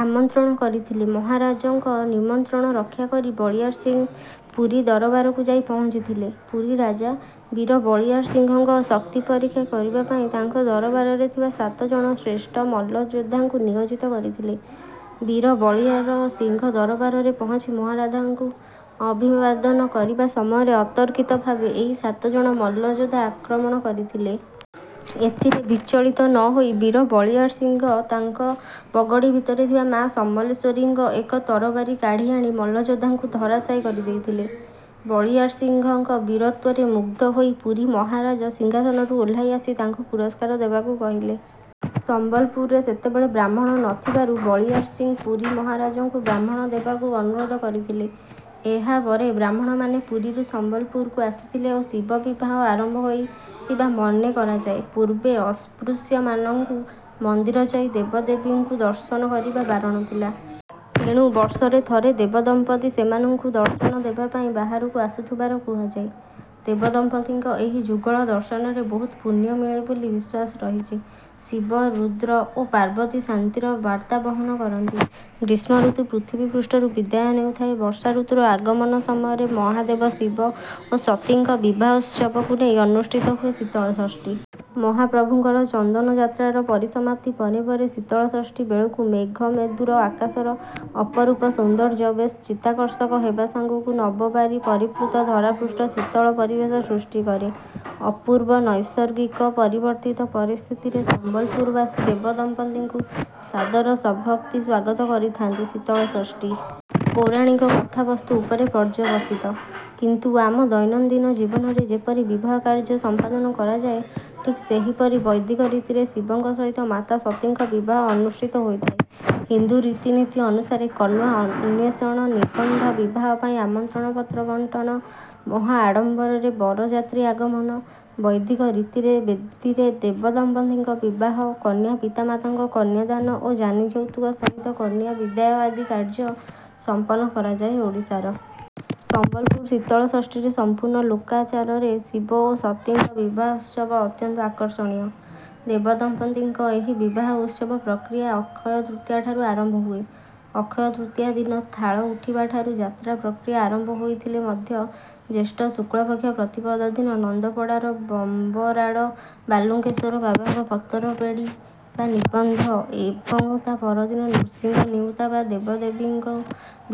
ଆମନ୍ତ୍ରଣ କରିଥିଲେ। ମହାରାଜଙ୍କ ନିମନ୍ତ୍ରଣ ରକ୍ଷା କରି ବଳିୟାର ସିଂହ ପୁରୀ ଦରବାରକୁ ଯାଇ ପହଞ୍ଚିଥିଲେ। ପୁରୀ ରାଜା, ବୀର ବଳିୟାର ସିଂହଙ୍କ ଶକ୍ତି ପରୀକ୍ଷା କରିବା ପାଇଁ ତାଙ୍କ ଦରବାରରେ ଥିବା ସାତ ଜଣ ଶ୍ରେଷ୍ଠ ମଲ୍ଲଯୋଦ୍ଧାଙ୍କୁ ନିୟୋଜିତ କରିଥିଲେ। ବୀର ବଳିୟାର ସିଂହ ରାଜଦରବାରରେ ପହଞ୍ଚି ମହାରାଜଙ୍କୁ ଅଭିବାଦନ କରିବା ସମୟରେ ଅତର୍କିତ ଭାବେ ଏହି ସାତ ଜଣ ମଲ୍ଲଯୋଦ୍ଧା ଆକ୍ରମଣ କରିଥିଲେ। ଏଥିରେ ବିଚଳିତ ନ ହୋଇ ବୀର ବଳିୟାର ସିଂହ ତାଙ୍କ ପଗଡ଼ି ଭିତରେ ଥିବା ମା’ ସମଲେଶ୍ୱରୀଙ୍କ ଏକ ତରବାରି କାଢ଼ି ଆଣି ମଲ୍ଲଯୋଦ୍ଧାଙ୍କୁ ଧରାଶାୟୀ କରିଦେଇଥିଲେ। ବଳିୟାର ସିଂହଙ୍କ ବୀରତ୍ୱରେ ମୁଗ୍ଧ ହୋଇ ପୁରୀ ମହାରାଜ ସିଂହାସନରୁ ଓହ୍ଲାଇ ଆସି ତାଙ୍କୁ ପୁରସ୍କାର ଦେବାକୁ କହିଲେ। ସମ୍ବଲପୁରରେ ସେତେବେଳେ ବ୍ରାହ୍ମଣ ନ ଥିବାରୁ ବଳିୟାର ସିଂହ ପୁରୀ ମହାରାଜଙ୍କୁ ବ୍ରାହ୍ମଣ ଦେବାକୁ ଅନୁରୋଧ କରିଥିଲେ। ଏହା ପରେ ବ୍ରାହ୍ମଣମାନେ ପୁରୀରୁ ସମ୍ବଲପୁରକୁ ଆସିଥିଲେ ଓ ଶିବ ବିବାହ ଆରମ୍ଭ ହୋଇଥିବା ମନେ କରାଯାଏ। ପୂର୍ବେ ଅସ୍ପୃଶ୍ୟମାନଙ୍କୁ ମନ୍ଦିର ଯାଇ ଦେବଦେବୀଙ୍କୁ ଦର୍ଶନ କରିବା ବାରଣ ଥିଲା। ତେଣୁ ବର୍ଷରେ ଥରେ ଦେବଦମ୍ପତି ସେମାନଙ୍କୁ ଦର୍ଶନ ଦେବା ପାଇଁ ବାହାରକୁ ଆସୁଥିବାର କୁହାଯାଏ। ଦେବଦମ୍ପତିଙ୍କ ଏହି ଯୁଗଳ ଦର୍ଶନରେ ବହୁତ ପୁଣ୍ୟ ମିଳେ ବୋଲି ବିଶ୍ୱାସ ରହିଛି। ଶିବ ରୁଦ୍ର ଓ ପାର୍ବତୀ ଶାନ୍ତିର ବାର୍ତ୍ତା ବହନ କରନ୍ତି। ଗ୍ରୀଷ୍ମଋତୁ ପୃଥିବୀପୃଷ୍ଠରୁ ବିଦାୟ ନେଉଥାଏ, ବର୍ଷାଋତୁର ଆଗମନ ସମୟରେ ମହାଦେବ ଶିବ ଓ ସତୀଙ୍କ ବିବାହୋତ୍ସବକୁ ନେଇ ଅନୁଷ୍ଠିତ ହୁଏ ଶୀତଳଷଷ୍ଠୀ। ମହାପ୍ରଭୁଙ୍କର ଚନ୍ଦନ ଯାତ୍ରାର ପରିସମାପ୍ତି ପରେ ପରେ ଶୀତଳଷଷ୍ଠୀ ବେଳକୁ ମେଘମେଦୁର ଆକାଶର ଅପରୂପ ସୌନ୍ଦର୍ଯ୍ୟ ବେଶ୍ ଚିତ୍ତାକର୍ଷକ ହେବା ସାଙ୍ଗକୁ ନବବାରି ପରିପ୍ଲୁତ ଧରାପୃଷ୍ଠ ଶୀତଳ ପରିବେଶ ସୃଷ୍ଟି କରେ। ଅପୂର୍ବ ନୈସର୍ଗିକ ପରିବର୍ତ୍ତିତ ପରିସ୍ଥିତିରେ ସମ୍ବଲପୁରବାସୀ ଦେବଦମ୍ପତିଙ୍କୁ ସାଦର ସଭକ୍ତି ସ୍ୱାଗତ କରିଥାନ୍ତି। ଶୀତଳଷଷ୍ଠୀ ପୌରାଣିକ କଥାବସ୍ତୁ ଉପରେ ପର୍ଯ୍ୟବସିତ। କିନ୍ତୁ ଆମ ଦୈନନ୍ଦିନ ଜୀବନରେ ଯେପରି ବିବାହ କାର୍ଯ୍ୟ ସମ୍ପାଦନ କରାଯାଏ, ଠିକ୍ ସେହିପରି ବୈଦିକ ରୀତିରେ ଶିବଙ୍କ ସହିତ ମାତା ସତୀଙ୍କ ବିବାହ ଅନୁଷ୍ଠିତ ହୋଇଥାଏ। ହିନ୍ଦୁ ରୀତିନୀତି ଅନୁସାରେ କନ୍ୟା ଅନ୍ୱେଷଣ, ନିବନ୍ଧ, ବିବାହ ପାଇଁ ନିମନ୍ତ୍ରଣ ପତ୍ର ବଣ୍ଟନ, ମହା ଆଡ଼ମ୍ବରରେ ବରଯାତ୍ରୀ ଆଗମନ, ବୈଦିକ ରୀତିରେ ବେଦିରେ ଦେବଦମ୍ପତିଙ୍କ ବିବାହ, କନ୍ୟା ପିତାମାତାଙ୍କ କନ୍ୟାଦାନ ଓ ଯାନି ଯୌତୁକ ସହିତ କନ୍ୟା ବିଦାୟ ଆଦି କାର୍ଯ୍ୟ ସମ୍ପନ୍ନ କରାଯାଏ। ଓଡ଼ିଶାର ସମ୍ବଲପୁର ଶୀତଳଷଷ୍ଠୀରେ ସମ୍ପୂର୍ଣ୍ଣ ଲୋକାଚାରରେ ଶିବ ଓ ସତୀଙ୍କ ବିବାହୋତ୍ସବ ଅତ୍ୟନ୍ତ ଆକର୍ଷଣୀୟ। ଦେବଦମ୍ପତିଙ୍କ ଏହି ବିବାହ ଉତ୍ସବ ପ୍ରକ୍ରିୟା ଅକ୍ଷୟ ତୃତୀୟାଠାରୁ ଆରମ୍ଭ ହୁଏ। ଅକ୍ଷୟ ତୃତୀୟା ଦିନ ଥାଳ ଉଠିବାଠାରୁ ଯାତ୍ରା ପ୍ରକ୍ରିୟା ଆରମ୍ଭ ହୋଇଥିଲେ ମଧ୍ୟ ଜ୍ୟେଷ୍ଠ ଶୁକ୍ଳପକ୍ଷ ପ୍ରତିପଦା ଦିନ ନନ୍ଦପଡ଼ାର ବଂବରାଡ଼ ବାଲୁଙ୍କେଶ୍ୱର ବାବାଙ୍କ ପତରପେଁଡ଼ି ବା ନିବନ୍ଧ ଏବଂ ତା’ପରଦିନ ନୃସିଂହ ନିଉତା ବା ଦେବଦେବୀଙ୍କୁ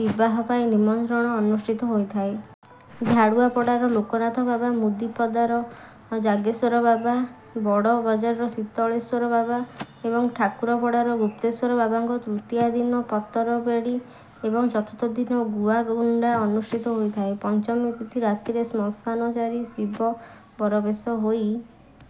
ବିବାହ ପାଇଁ ନିମନ୍ତ୍ରଣ ଅନୁଷ୍ଠିତ ହୋଇଥାଏ। ଝାଡ଼ୁଆପଡ଼ାର ଲୋକନାଥ ବାବା, ମୁଦିପଡ଼ାର ଜାଗେଶ୍ୱର ବାବା, ବଡ଼ବଜାରର ଶୀତଳେଶ୍ୱର ବାବା ଏବଂ ଠାକୁରପଡ଼ାର ଗୁପ୍ତେଶ୍ୱର ବାବାଙ୍କ ତୃତୀୟା ଦିନ ପତରପେଁଡ଼ି ଏବଂ ଚତୁର୍ଥୀ ଦିନ ଗୁଆଗୁଣ୍ଡା ଅନୁଷ୍ଠିତ ହୋଇଥାଏ। ପଞ୍ଚମୀ ତିଥି ରାତିରେ ଶ୍ମଶାନଚାରୀ ଶିବ ବରବେଶ ହୋଇ...